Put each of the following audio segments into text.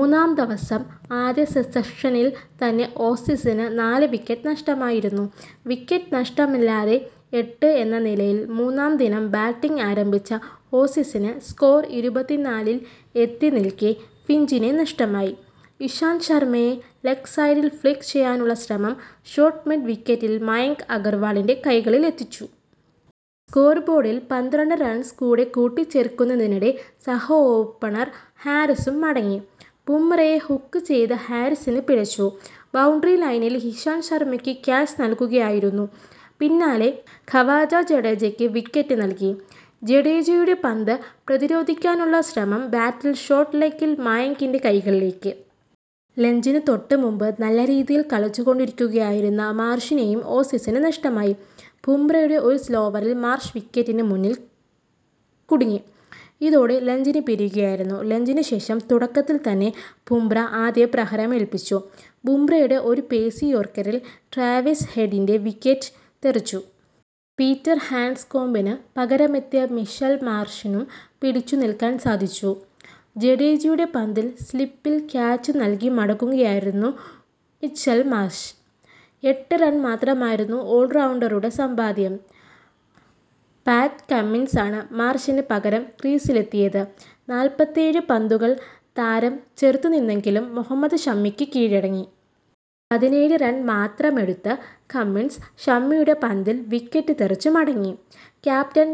മൂന്നാം ദവസം ആദ്യ സെസക്ഷനിൽ തന്നെ ഓസീസിന് നാല് വിക്കറ്റ് നഷ്ടമായിരുന്നു. വിക്കറ്റ് നഷ്ടമില്ലാതെ എട്ട് എന്ന നിലയിൽ മൂന്നാം ദിനം ബാറ്റിങ് ആരംഭിച്ച ഓസീസിന് സ്കോർ ഇരുപത്തിനാലിൽ എത്തിനിൽക്കെ ഫിഞ്ചിനെ നഷ്ടമായി. ഇശാന്ത് ശർമയെ ലെഗ് സൈഡിൽ ഫ്ളിക്ക് ചെയ്യാനുള്ള ശ്രമം ഷോർട്ട് മിഡ് വിക്കറ്റിൽ മായങ്ക് അഗർവാളിൻ്റെ കൈകളിലെത്തിച്ചു. കോർ ബോർഡിൽ പന്ത്രണ്ട് റൺസ് കൂടി കൂട്ടിച്ചേർക്കുന്നതിനിടെ സഹ ഓപ്പണർ ഹാരിസും മടങ്ങി. ബുംറയെ ഹുക്ക് ചെയ്ത ഹാരിസിന് പിഴച്ചു. ബൌണ്ടറി ലൈനിൽ ഇശാന്ത് ശർമയ്ക്ക് ക്യാച്ച് നൽകുകയായിരുന്നു. പിന്നാലെ ഖവാജ ജഡേജയ്ക്ക് വിക്കറ്റ് നൽകി. ജഡേജയുടെ പന്ത് പ്രതിരോധിക്കാനുള്ള ശ്രമം ബാറ്റിൽ ഷോർട്ട് ലെഗിൽ മായങ്കിൻ്റെ കൈകളിലേക്ക്. ലഞ്ചിന് തൊട്ട് മുമ്പ് നല്ല രീതിയിൽ കളിച്ചിക്കൊണ്ടിരിക്കുകയായിരുന്ന മാർഷിനെയും ഓസീസിന് നഷ്ടമായി. ബുംറയുടെ ഒരു സ്ലോവറിൽ മാർഷ് വിക്കറ്റിന് മുന്നിൽ കുടുങ്ങി. ഇതോടെ ലഞ്ചിന് പിരിയുകയായിരുന്നു. ലഞ്ചിന് ശേഷം തുടക്കത്തിൽ തന്നെ ബുംറ ആദ്യ പ്രഹരമേൽപ്പിച്ചു. ബുംറയുടെ ഒരു പേസി യോർക്കറിൽ ട്രാവിസ് ഹെഡിൻ്റെ വിക്കറ്റ് തെറിച്ചു. പീറ്റർ ഹാൻഡ്സ്കോംബിന് പകരമെത്തിയ മിഷൽ മാർഷിനും പിടിച്ചു നിൽക്കാൻ സാധിച്ചു. ജഡേജയുടെ പന്തിൽ സ്ലിപ്പിൽ ക്യാച്ച് നൽകി മടങ്ങുകയായിരുന്നു മിച്ചൽ മാർഷ്. എട്ട് റൺ മാത്രമായിരുന്നു ഓൾറൌണ്ടറുടെ സമ്പാദ്യം. പാറ്റ് കമ്മിൻസാണ് മാർഷിന് പകരം ക്രീസിലെത്തിയത്. നാല്പത്തിയേഴ് പന്തുകൾ താരം ചെറുത്തുനിന്നെങ്കിലും മുഹമ്മദ് ഷമ്മിക്ക് കീഴടങ്ങി. പതിനേഴ് റൺ മാത്രമെടുത്ത കമ്മിൻസ് ഷമ്മിയുടെ പന്തിൽ വിക്കറ്റ് തെറിച്ച് മടങ്ങി. ക്യാപ്റ്റൻ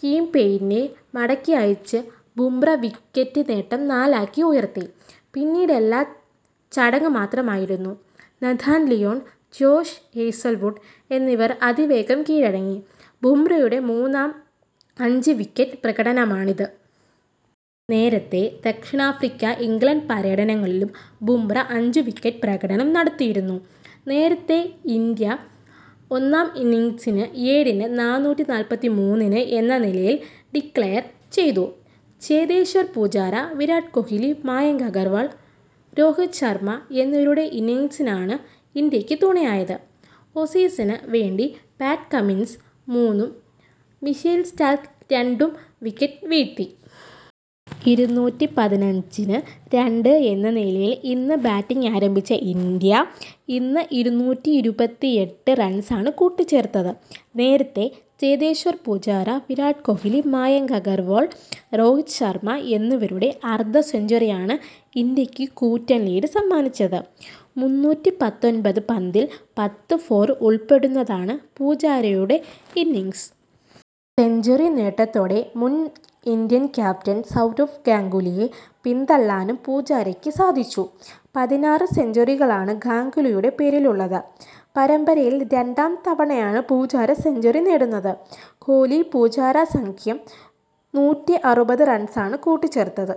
ടിം പെയ്നിനെ മടക്കി അയച്ച് ബുംറ വിക്കറ്റ് നേട്ടം നാലാക്കി ഉയർത്തി. പിന്നീടെല്ലാ ചടങ്ങ് മാത്രമായിരുന്നു. നഥാൻ ലിയോൺ, ജോഷ് ഹേസൽവുഡ് എന്നിവർ അതിവേഗം കീഴടങ്ങി. ബുംറയുടെ മൂന്നാം അഞ്ച് വിക്കറ്റ് പ്രകടനമാണിത്. നേരത്തെ ദക്ഷിണാഫ്രിക്ക, ഇംഗ്ലണ്ട് പര്യടനങ്ങളിലും ബുംറ അഞ്ച് വിക്കറ്റ് പ്രകടനം നടത്തിയിരുന്നു. നേരത്തെ, ഇന്ത്യ ഒന്നാം ഇന്നിങ്സിന് ഏഴിന് നാനൂറ്റിനാല്പത്തിമൂന്നിന് എന്ന നിലയിൽ ഡിക്ലയർ ചെയ്തു. ചേതേശ്വർ പൂജാര, വിരാട് കൊഹിലി, മായങ്ക് അഗർവാൾ, രോഹിത് ശർമ എന്നിവരുടെ ഇന്നിങ്സിനാണ് ഇന്ത്യക്ക് തുണയായത്. സീസിന് വേണ്ടി പാറ്റ് കമ്മിൻസ് മൂന്നും മിഷൽ സ്റ്റാർക്ക് രണ്ടും വിക്കറ്റ് വീഴ്ത്തി. ഇരുന്നൂറ്റിപതിനഞ്ചിന് രണ്ട് എന്ന നിലയിൽ ഇന്ന് ബാറ്റിങ് ആരംഭിച്ച ഇന്ത്യ ഇന്ന് ഇരുന്നൂറ്റീരുപത്തിഏട്ട് റൺസാണ് കൂട്ടിച്ചേർത്തത്. നേരത്തെ, ചേതേശ്വർ പൂജാര, വിരാട് കൊഹിലി, മായങ്ക് അഗർവാൾ, രോഹിത് ശർമ എന്നിവരുടെ അർധ സെഞ്ചുറിയാണ് ഇന്ത്യക്ക് കൂറ്റൻ ലീഡ് സമ്മാനിച്ചത്. മുന്നൂറ്റിപത്തൊൻപത് പന്തിൽ പത്ത് ഫോർ ഉൾപ്പെടുന്നതാണ് പൂജാരയുടെ ഇന്നിങ്സ്. സെഞ്ചുറി നേട്ടത്തോടെ മുൻ ഇന്ത്യൻ ക്യാപ്റ്റൻ സൗരവ് ഗാംഗുലിയെ പിന്തള്ളാനും പൂജാരജയ്ക്ക് സാധിച്ചു. പതിനാറ് സെഞ്ചുറികളാണ് ഗാംഗുലിയുടെ പേരിലുള്ളത്. പരമ്പരയിൽ രണ്ടാം തവണയാണ് പൂജാര സെഞ്ചുറി നേടുന്നത്. കോലി പൂജാര സഖ്യം നൂറ്റിഅറുപത് റൺസാണ് കൂട്ടിച്ചേർത്തത്.